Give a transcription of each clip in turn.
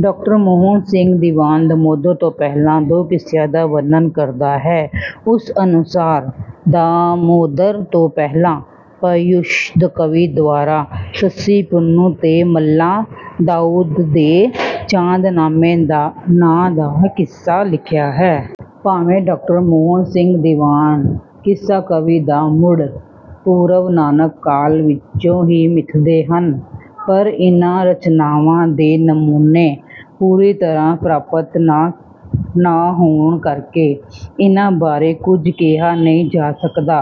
ਡਾ. ਮੋਹਨ ਸਿੰਘ ਦੀਵਾਨ ਦਮੋਦਰ ਤੋਂ ਪਹਿਲਾਂ ਦੋ ਕਿੱਸਿਆਂ ਦਾ ਵਰਣਨ ਕਰਦਾ ਹੈ। ਉਸ ਅਨੁਸਾਰ, ਦਮੋਦਰ ਤੋਂ ਪਹਿਲਾਂ ਪੁਸ਼ਯ ਕਵੀ ਦੁਆਰਾ ‘ਸੱਸੀ-ਪੁੰਨੂੰ’ ਤੇ ਮੁਲਾ ਦਾਊਦ ਦੇ ‘ਚਾਂਦ ਨਾਮੇ’ ਨਾਂ ਦਾ ਕਿੱਸਾ ਲਿਖਿਆ ਹੈ। ਭਾਵੇਂ ਡਾ. ਮੋਹਨ ਸਿੰਘ ਦੀਵਾਨ ਕਿੱਸਾ-ਕਾਵਿ ਦਾ ਮੁੱਢ ਪੂਰਵ-ਨਾਨਕ ਕਾਲ ਵਿੱਚ ਹੀ ਮਿਥਦੇ ਹਨ, ਪਰ ਇਹਨਾਂ ਰਚਨਾਵਾਂ ਦੇ ਨਮੂਨੇ ਪੂਰੀ ਤਰ੍ਹਾਂ ਪ੍ਰਾਪਤ ਨਾ ਹੋਣ ਕਰਕੇ ਇਹਨਾਂ ਬਾਰੇ ਕੁਝ ਕਿਹਾ ਨਹੀਂ ਜਾ ਸਕਦਾ।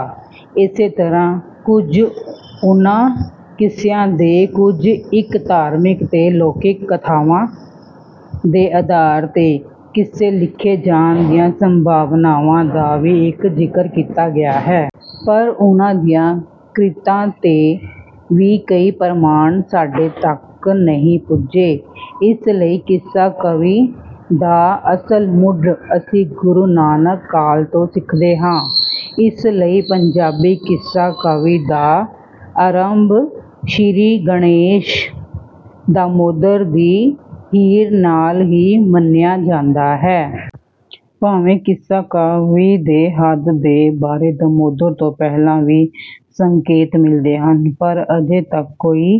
ਏਸੇ ਤਰ੍ਹਾਂ ਕੁਝ ਉਹਨਾਂ ਕਿੱਸਿਆਂ ਦੇ, ਕੁਝ ਇੱਕ ਧਾਰਮਿਕ ਤੇ ਲੋਕਿਕ ਕਥਾਵਾਂ ਦੇ ਆਧਾਰ ’ਤੇ, ਕਿੱਸੇ ਲਿਖੇ ਜਾਣ ਦੀਆਂ ਸੰਭਾਵਨਾਵਾਂ ਦਾ ਵੀ ਜ਼ਿਕਰ ਕੀਤਾ ਗਿਆ ਹੈ। ਪਰ ਉਹਨਾਂ ਦੀਆਂ ਕ੍ਰਿਤਾਂ ਦੇ ਵੀ ਕੋਈ ਪ੍ਰਮਾਣ ਸਾਡੇ ਤੱਕ ਨਹੀਂ ਪੁੱਜੇ। ਇਸ ਲਈ ਕਿੱਸਾ-ਕਾਵਿ ਦਾ ਅਸਲ ਮੁੱਢ ਅਸੀਂ ਗੁਰੂ ਨਾਨਕ ਕਾਲ ਤੋਂ ਸਿੱਖਦੇ ਹਾਂ। ਇਸ ਲਈ ਪੰਜਾਬੀ ਕਿੱਸਾ-ਕਾਵਿ ਦਾ ਆਰੰਭ ਸ੍ਰੀ ਗਣੇਸ਼, ਦਮੋਦਰ ਦੀ ਹੀਰ ਨਾਲ ਹੀ ਮੰਨਿਆ ਜਾਂਦਾ ਹੈ। ਭਾਵੇਂ ਕਿੱਸਾ-ਕਾਵਿ ਦੀ ਹੋਂਦ ਬਾਰੇ ਦਮੋਦਰ ਤੋਂ ਪਹਿਲਾਂ ਵੀ ਸੰਕੇਤ ਮਿਲਦੇ ਹਨ, ਪਰ ਅਜੇ ਤੱਕ ਕੋਈ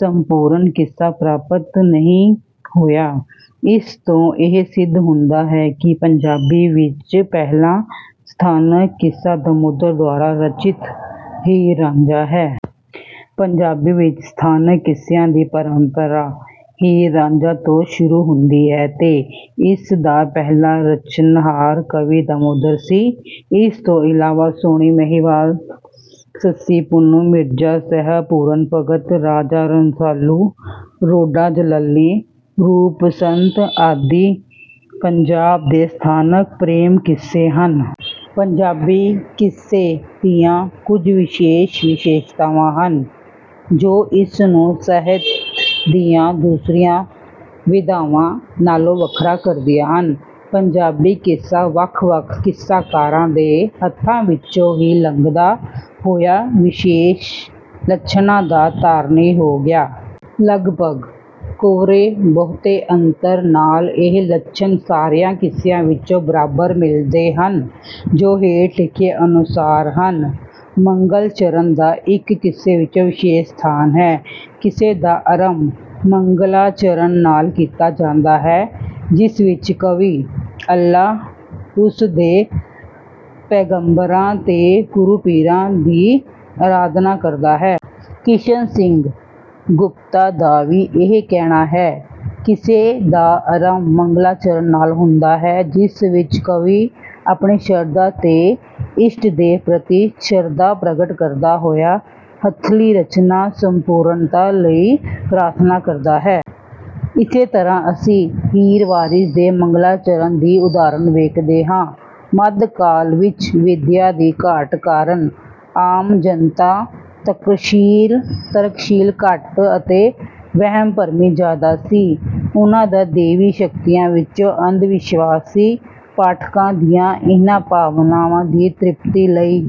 ਸੰਪੂਰਨ ਕਿੱਸਾ ਪ੍ਰਾਪਤ ਨਹੀਂ ਹੋਇਆ। ਇਸ ਤੋਂ ਇਹ ਸਿੱਧ ਹੁੰਦਾ ਹੈ ਕਿ ਪੰਜਾਬੀ ਵਿੱਚ ਪਹਿਲਾ ਸਥਾਨਕ ਕਿੱਸਾ ਦਮੋਦਰ ਦੁਆਰਾ ਰਚਿਤ ‘ਹੀਰ-ਰਾਂਝਾ’ ਹੈ। “ਪੰਜਾਬੀ ਵਿੱਚ ਸਥਾਨਕ ਕਿੱਸਿਆਂ ਦੀ ਪਰੰਪਰਾ ‘ਹੀਰ-ਰਾਂਝਾ’ ਤੋਂ ਸ਼ੁਰੂ ਹੁੰਦੀ ਹੈ ਤੇ ਇਸ ਦਾ ਪਹਿਲਾ ਰਚਨਹਾਰ ਕਵੀ ਦਮੋਦਰ ਸੀ। ਇਸ ਤੋਂ ਇਲਾਵਾ ‘ਸੋਹਣੀ-ਮਹੀਂਵਾਲ’, ‘ਸੱਸੀ-ਪੁੰਨੂੰ’, ‘ਮਿਰਜ਼ਾ-ਸਾਹਿਬਾਂ’, ‘ਪੂਰਨ ਭਗਤ’, ‘ਰਾਜਾ ਰਸਾਲੂ’, ‘ਰੋਡਾ ਜਲਾਲੀ’, ‘ਰੂਪ-ਬਸੰਤ’ ਆਦਿ ਪੰਜਾਬ ਦੇ ਸਥਾਨਕ ਪ੍ਰੇਮ-ਕਿੱਸੇ ਹਨ।” ਪੰਜਾਬੀ ਕਿੱਸੇ ਦੀਆਂ ਕੁਝ ਵਿਸ਼ੇਸ਼ ਵਿਸ਼ੇਸ਼ਤਾਵਾਂ ਹਨ, ਜੋ ਇਸ ਨੂੰ ਸਾਹਿਤ ਦੀਆਂ ਦੂਸਰੀਆਂ ਵਿਧਾਵਾਂ ਨਾਲੋਂ ਵੱਖਰਾ ਕਰਦੀਆਂ ਹਨ। ਪੰਜਾਬੀ ਕਿੱਸਾ ਵੱਖ-ਵੱਖ ਕਿੱਸਾਕਾਰਾਂ ਦੇ ਹੱਥਾਂ ਵਿੱਚੋਂ ਦੀ ਲੰਘਦਾ ਹੋਇਆ ਵਿਸ਼ੇਸ਼ ਲੱਛਣਾਂ ਦਾ ਧਾਰਨੀ ਹੋ ਗਿਆ। ਲਗਭਗ ਕੋਰੇ-ਬਹੁਤੇ ਅੰਤਰ ਨਾਲ ਇਹ ਲੱਛਣ ਸਾਰਿਆਂ ਕਿੱਸਿਆਂ ਵਿੱਚ ਬਰਾਬਰ ਮਿਲਦੇ ਹਨ, ਜੋ ਹੇਠ ਲਿਖੇ ਅਨੁਸਾਰ ਹਨ: ਮੰਗਲਾਚਰਣ ਦਾ ਕਿੱਸੇ ਵਿੱਚ ਵਿਸ਼ੇਸ਼ ਸਥਾਨ ਹੈ। ਕਿੱਸੇ ਦਾ ਆਰੰਭ ਮੰਗਲਾਚਰਣ ਨਾਲ ਕੀਤਾ ਜਾਂਦਾ ਹੈ, ਜਿਸ ਵਿੱਚ ਕਵੀ ਅੱਲਾਹ, ਉਸ ਦੇ ਪੈਗੰਬਰਾਂ ਤੇ ਗੁਰੂ-ਪੀਰਾਂ ਦੀ ਅਰਾਧਨਾ ਕਰਦਾ ਹੈ। ਕਿਸ਼ਨ ਸਿੰਘ ਗੁਪਤਾ ਦਾ ਵੀ ਇਹ ਕਹਿਣਾ ਹੈ, “ਕਿੱਸੇ ਦਾ ਆਰੰਭ ਮੰਗਲਾਚਰਣ ਨਾਲ ਹੁੰਦਾ ਹੈ, ਜਿਸ ਵਿੱਚ ਕਵੀ ਆਪਣੀ ਸ਼ਰਧਾ ਦੇ ਇਸ਼ਟਦੇਵ ਪ੍ਰਤੀ ਸ਼ਰਧਾ ਪ੍ਰਗਟ ਕਰਦਾ ਹੋਇਆ ਹੱਥਲੀ ਰਚਨਾ ਦੀ ਸੰਪੂਰਨਤਾ ਲਈ ਪ੍ਰਾਰਥਨਾ ਕਰਦਾ ਹੈ।” ਇਸੇ ਤਰ੍ਹਾਂ ਅਸੀਂ ‘ਹੀਰ ਵਾਰਿਸ’ ਦੇ ਮੰਗਲਾਚਰਣ ਦੀ ਉਦਾਹਰਨ ਵੇਖਦੇ ਹਾਂ। ਮੱਧਕਾਲ ਵਿੱਚ ਵਿੱਦਿਆ ਦੀ ਘਾਟ ਕਾਰਣ ਆਮ ਜਨਤਾ ਤਰਕਸ਼ੀਲ ਘੱਟ ਅਤੇ ਵਹਿਮ-ਭਰਮੀ ਜ਼ਿਆਦਾ ਸੀ। ਉਹਨਾਂ ਦਾ ਦੈਵੀ ਸ਼ਕਤੀਆਂ ਵਿੱਚ ਅੰਧਵਿਸ਼ਵਾਸ ਸੀ। ਪਾਠਕਾਂ ਦੀਆਂ ਇਹਨਾਂ ਭਾਵਨਾਵਾਂ ਦੀ ਤ੍ਰਿਪਤੀ ਲਈ...